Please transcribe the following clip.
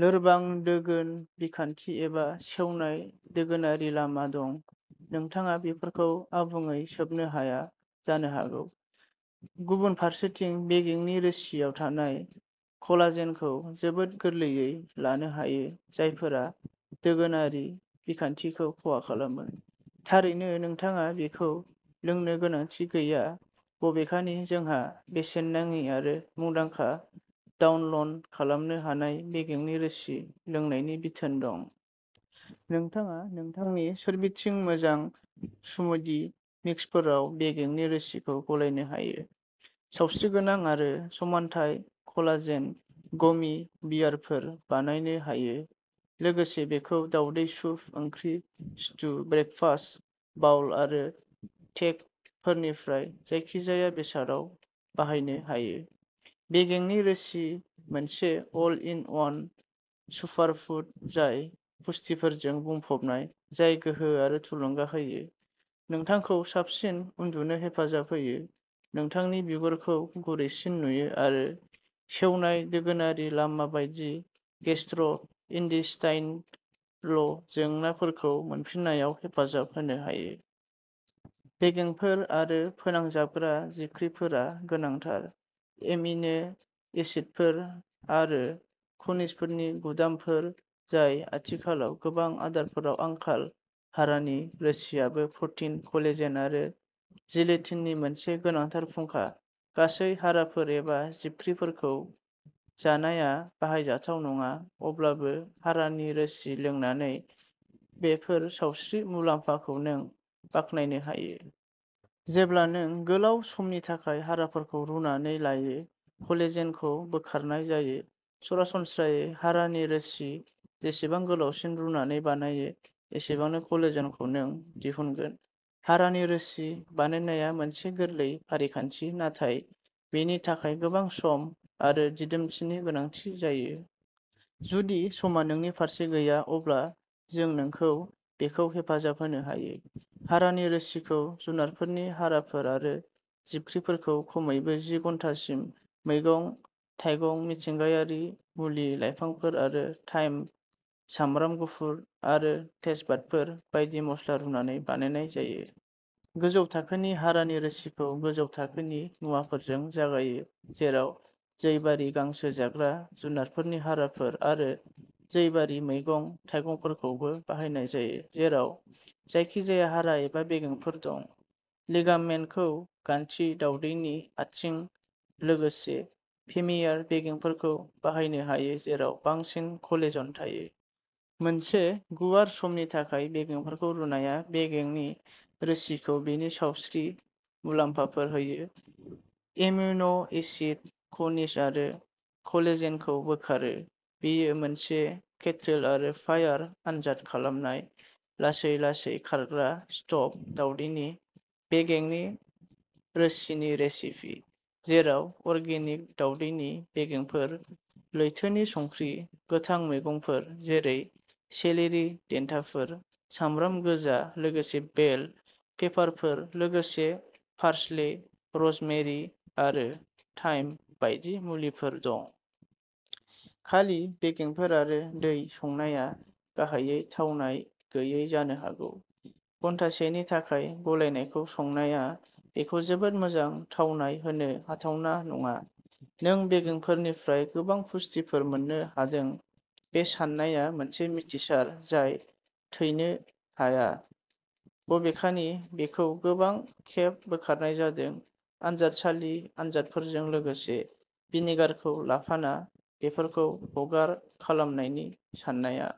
लोरबां दोगोन बिखान्थि एबा सेवनाय दोगोनारि लामा दं नोंथाङा बेफोरखौ आबुङै सोबनो हाया जानो हागौ। गुबुन फारसेथिं बेगेंनि रोसिआव थानाय कलाजेनखौ जोबोद गोरलैयै लानो हायो जायफोरा दोगोनारि बिखान्थिखौ खहा खालामो। थारैनो नोंथाङा बेखौ लोंनो गोनांथि गैया बबेखानि जोंहा बेसेन नाङि आरो मुंदांखा डाउनल'ड खालामनो हानाय बेगेंनि रोसि लोंनायनि बिथोन दं। नोंथाङा नोंथांनि सोरबिथिं मोजां स्मूदि मिक्सफोराव बेगेंनि रोसिखौ गलायनो हायो सावस्रिगोनां आरो समानथाय कलाजेन गमी बियारफोर बानायनो हायो लोगोसे बेखौ दावदै सुप ओंख्रि स्टु ब्रेकफास्ट बाउल आरो टेक'फोरनिफ्राय जायखिजाया बेसादाव बाहायनो हायो। बेगेंनि रोसि मोनसे अल इन वन सुपारफुड जाय पुष्टिफोरजों बुंफबनाय जाय गोहो आरो थुलुंगा होयो नोंथांखौ साबसिन उन्दुनो हेफाजाब होयो नोंथांनि बिगुरखौ गुरैसिन नुयो आरो सेवनाय दोगोनारि लामा बायदि गेस्ट्र'इन्टेस्टाइनल जेंनाफोरखौ मोनफिननायाव हेफाजाब होनो हायो। बेगेंफोर आरो फोनांजाबग्रा जिबख्रिफोरा गोनांथार एमिनो एसिडफोर आरो खनिजफोरनि गुदामफोर जाय आथिखालाव गोबां आदारफोराव आंखाल हारानि रोसिआबो प्रटिन कलेजेन आरो जिलेटिननि मोनसे गोनांथार फुंखा। गासै हाराफोर एबा जिबख्रिफोरखौ जानाया बाहायजाथाव नङा अब्लाबो हारानि रोसि लोंनानै बेफोर सावस्रि मुलाम्फाखौ नों बाखनायनो हायो। जेब्ला नों गोलाव समनि थाखाय हाराफोरखौ रुनानै लायो कलेजेनखौ बोखारनाय जायो। सरासनस्रायै हारानि रोसि जेसेबां गोलावसिन रुनानै बानायो एसेबांनो कलेजेनखौ नों दिहुनगोन हारानि रोसि बानायनाया मोनसे गोरलै फारिखान्थि नाथाय बेनि थाखाय गोबां सम आरो दिदोमथिनि गोनांथि जायो। जुदि समआ नोंनि फारसे गैया अब्ला जों नोंखौ बेखौ हेफाजाब होनो हायो। हारानि रोसिखौ जुनारफोरनि हाराफोर आरो जिबख्रिफोरखौ खमैबो जि घन्टासिम मैगं थाइगंमिथिंगायारि मुलि लाइफांफोर आरो थाइम सामब्राम गुफुर आरो तेजपातफोर बायदि मस्ला रुनानै बानायनाय जायो। गोजौ थाखोनि हारानि रोसिखौ गोजौ थाखोनि मुवाफोरजों जागायो जेराव जैबारि गांसो जाग्रा जुनारफोरनि हाराफोर आरो जैबारि मैगं थाइगंफोरखौबो बाहायनाय जायो। जेराव जायखिजाया हारा एबा बेगेंफोर दं। लिगामेन्टखौ गान्थि दावदैनि आथिं लोगोसे फेमियार बेगेंफोरखौ बाहायनो हायो जेराव बांसिन कलेजेन थायो। मोनसे गुवार समनि थाखाय बेगेंफोरखौ रुनाया बेगेंनि रोसिखौ बेनि सावस्रि मुलाम्फाफोर होयो एमिन' एसिड खनिज आरो कोलेजेनखौ बोखारो। बेयो मोनसे केटल आरो फायार आनजाद खालामनाय लासै लासै खारग्रा स्ट'भ दावदैनि बेगेंनि रोसिनि रेसिपि जेराव अर्गेनिक दावदैनि बेगेंफोर लैथोनि संख्रि गोथां मैगंफोर जेरै सेलेरि देन्थाफोर, सामब्राम गोजा, लोगोसे बेल पेपारफोर लोगोसे पार्सले र'जमेरि आरो थाइम बायदि मुलिफोर दं। खालि बेगेंफोर आरो दै संनाया गाहायै थावनाय गैयै जानो हागौ। घन्टासेनि थाखाय गलायनायखौ संनाया बेखौ जोबोद मोजां थावनाय होनो हाथावना नङा। नों बेगेंफोरनिफ्राय गोबां पुष्टिफोर मोन्नो हादों बे साननाया मोनसे मिथिसार जाय थैनो हाया बबेखानि बेखौ गोबां खेब बोखारनाय जादों आनजादसालि आनजादफोरजों लोगोसे। भिनेगारखौ लाफाना बेफोरखौ हगार खालामनायनि साननाया।